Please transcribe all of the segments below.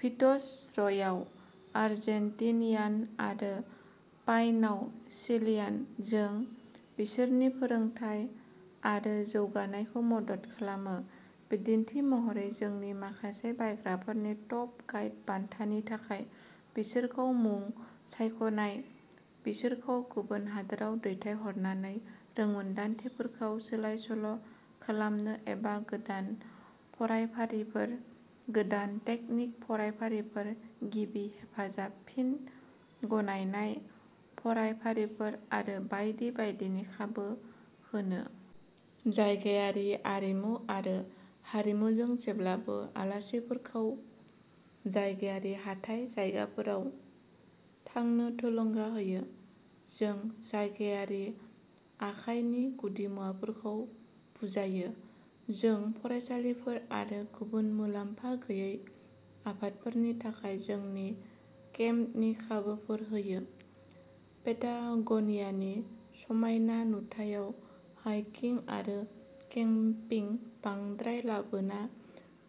Fitz रयआव Argentinian आरो पाइनआव चिलियान। जों बिसोरनि फोरोंथाय आरो जौगानायखौ मदद खालामो, बिदिन्थि महरै, जोंनि माखासे बायग्राफोरनि टप गाइड बान्थानि थाखाय बिसोरखौ मुं सायख'नाय, बिसोरखौ गुबुन हादोराव दैथायहरनानै रोंमोनदांथिफोरखौ सोलाय सोल' खालामनो एबा गोदान फरायफारिफोर, गोदान तेकनिक फरायफारिफोर, गिबि हेफाजाब फिन गनायनाय फरायफारिफोर आरो बायदि बायदिनि खाबु होनो। जायगायारि आरिमु आरो हारिमुजों जेब्लाबो आलासिफोरखौ जायगायारि हाथाइ जायगाफोराव थांनो थुलुंगा होयो, जों जायगायारि आखाइनि गुदिमुवाफोरखौ बुजायो। जों फरायसालिफोर आरो गुबुन मुलाम्फा गैयै आफादफोरनि थाखाय जोंनि केम्पनि खाबुफोर होयो। पेटागोनियानि समायना नुथायाव हाइकिं आरो केम्पिं बांद्राय लाबोना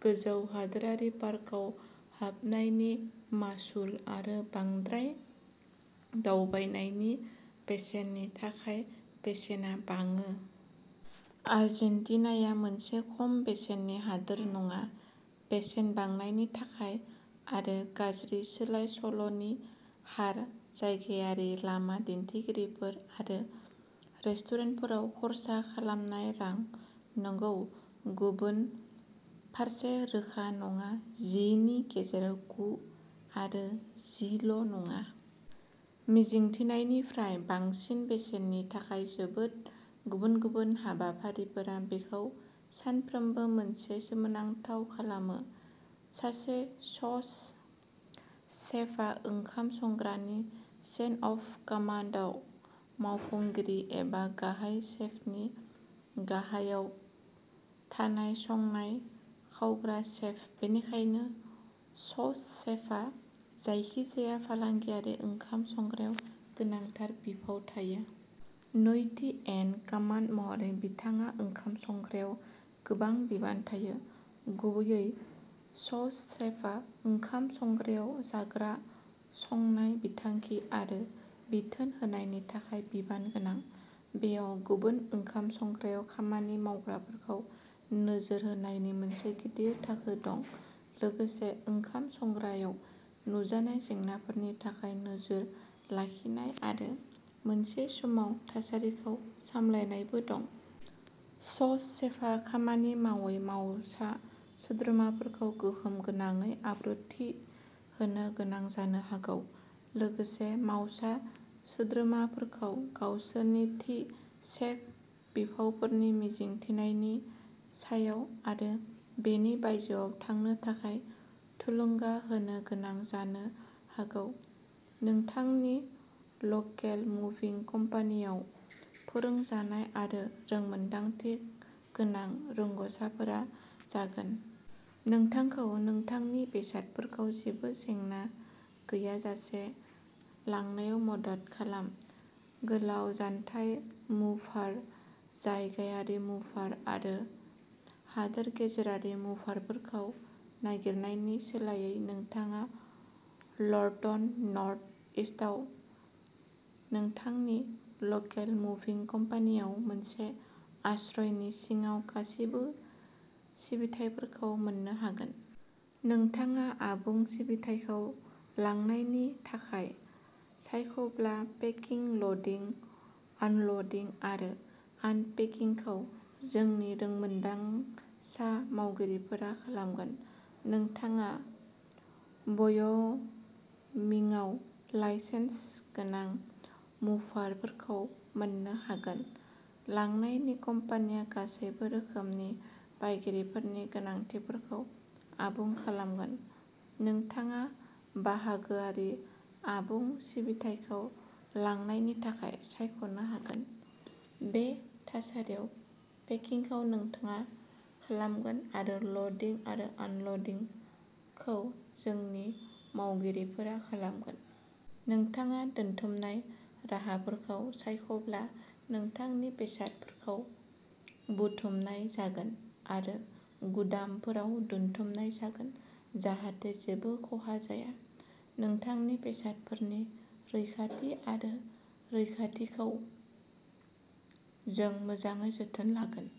गोजौ हादोरारि पार्कआव हाबनायनि मासुल आरो बांद्राय दावबायनायनि बेसेननि थाखाय बेसेना बाङो। आर्जेन्टिनाया मोनसे खम बेसेननि हादोर नङा, बेसेन बांनायनि थाखाय आरो गाज्रि सोलाय सोल'नि हार जायगायारि लामा दिन्थिगिरिफोर आरो रेस्टुरेन्टफोराव खर्सा खालामनाय रां, नंगौ। गुबुन फारसे रोखा नङा। जिनि गेजेराव गु आरो जिल' नङा। मिजिंथिनायनिफ्राय बांसिन बेसेननि थाखाय जोबोद गुबुन गुबुन हाबाफारिफोरा बेखौ सानफ्रोमबो मोनसे सोमोनांथाव खालामो। सासे सौस सेफआ ओंखाम संग्रानि चेन अफ कमान्डआव मावफुंगिरि एबा गाहाय सेफनि गाहायाव थानाय संनाय खावग्रा सेफ। बेनिखायनो, सौस शेफहा जायखिजाया फालांगियारि ओंखाम संग्रायाव गोनांथार बिफाव थायो। नैथि इन कमान्ड महरै, बिथांहा ओंखाम संग्रायाव गोबां बिबान थायो। गुबैयै, सौस शेफआ ओंखाम संग्रायाव जाग्रा संनाय बिथांखि आरो बिथोन होनायनि थाखाय बिबान गोनां। बेयाव गुबुन ओंखाम संग्रायाव खामानि मावग्राफोरखौ नोजोर होनायनि मोनसे गिदिर थाखो दं, लोगोसे ओंखाम संग्रायाव नुजानाय जेंनाफोरनि थाखाय नोजोर लाखिनाय आरो मोनसे समाव थासारिखौ सामलायनायबो दं। सौस शेफआ खामानि मावै मावसा सोद्रोमाफोरखौ गोहोम गोनाङै आब्रुथि होनो गोनां जानो हागौ, लोगोसे मावसा सोद्रोमाफोरखौ गावसोरनिथि सेफ बिफावफोरनि मिजिंथिनायनि सायाव आरो बेनि बायजोआव थांनो थाखाय थुलुंगा होनो गोनां जानो हागौ। नोंथांनि लकेल मुभिं कम्पानीआव, फोरोंजानाय आरो रोंमोनदांथि गोनां रोंग'साफोरा जागोन। नोंथांखौ नोंथांनि बेसादफोरखौ जेबो जेंना गैयाजासे लांनायाव मदद खालाम। गोलाव जानथाय मुभार, जायगायारि मुभार आरो हादोर गेजेरारि मुभारफोरखौ नागिरनायनि सोलायै, नोंथाङा लर्टन, नर्थ इस्थआव नोंथांनि लकेल मुभिं कम्पानीआव मोनसे आश्रयनि सिङाव गासिबो सिबिथाइफोरखौ मोन्नो हागोन। नोंथाङा आबुं सिबिथाइखौ लांनायनि थाखाय सायख'ब्ला, पेकिं, ल'डिं, आनल'डिं आरो आनपेकिंखौ जोंनि रोंमोन्दांसा मावगिरिफोरा खालामगोन। नोंथाङा व'य'मिंआव लाइसेन्स गोनां मुभारफोरखौ मोन्नो हागोन। लांनायनि कम्पानिया गासैबो रोखोमनि बायगिरिफोरनि गोनांथिफोरखौ आबुं खालामगोन। नोंथाङा बाहागोआरि आबुं सिबिथाइखौ लांनायनि थाखाय सायख'नो हागोन, बे थासारियाव पेकिंखौ नोंथाङा खालामगोन आरो ल'डिं आरो आनल'डिंखौ जोंनि मावगिरिफोरा खालामगोन। नोंथाङा दोनथुमनाय राहाफोरखौ सायख'ब्ला, नोंथांनि बेसादफोरखौ बुथुमनाय जागोन आरो गुदामफोराव दोनथुमनाय जागोन जाहाथे जेबो खहा जाया। नोंथांनि बेसादफोरनि रैखाथि आरो रैखाथिखौ जों मोजाङै जोथोन लागोन।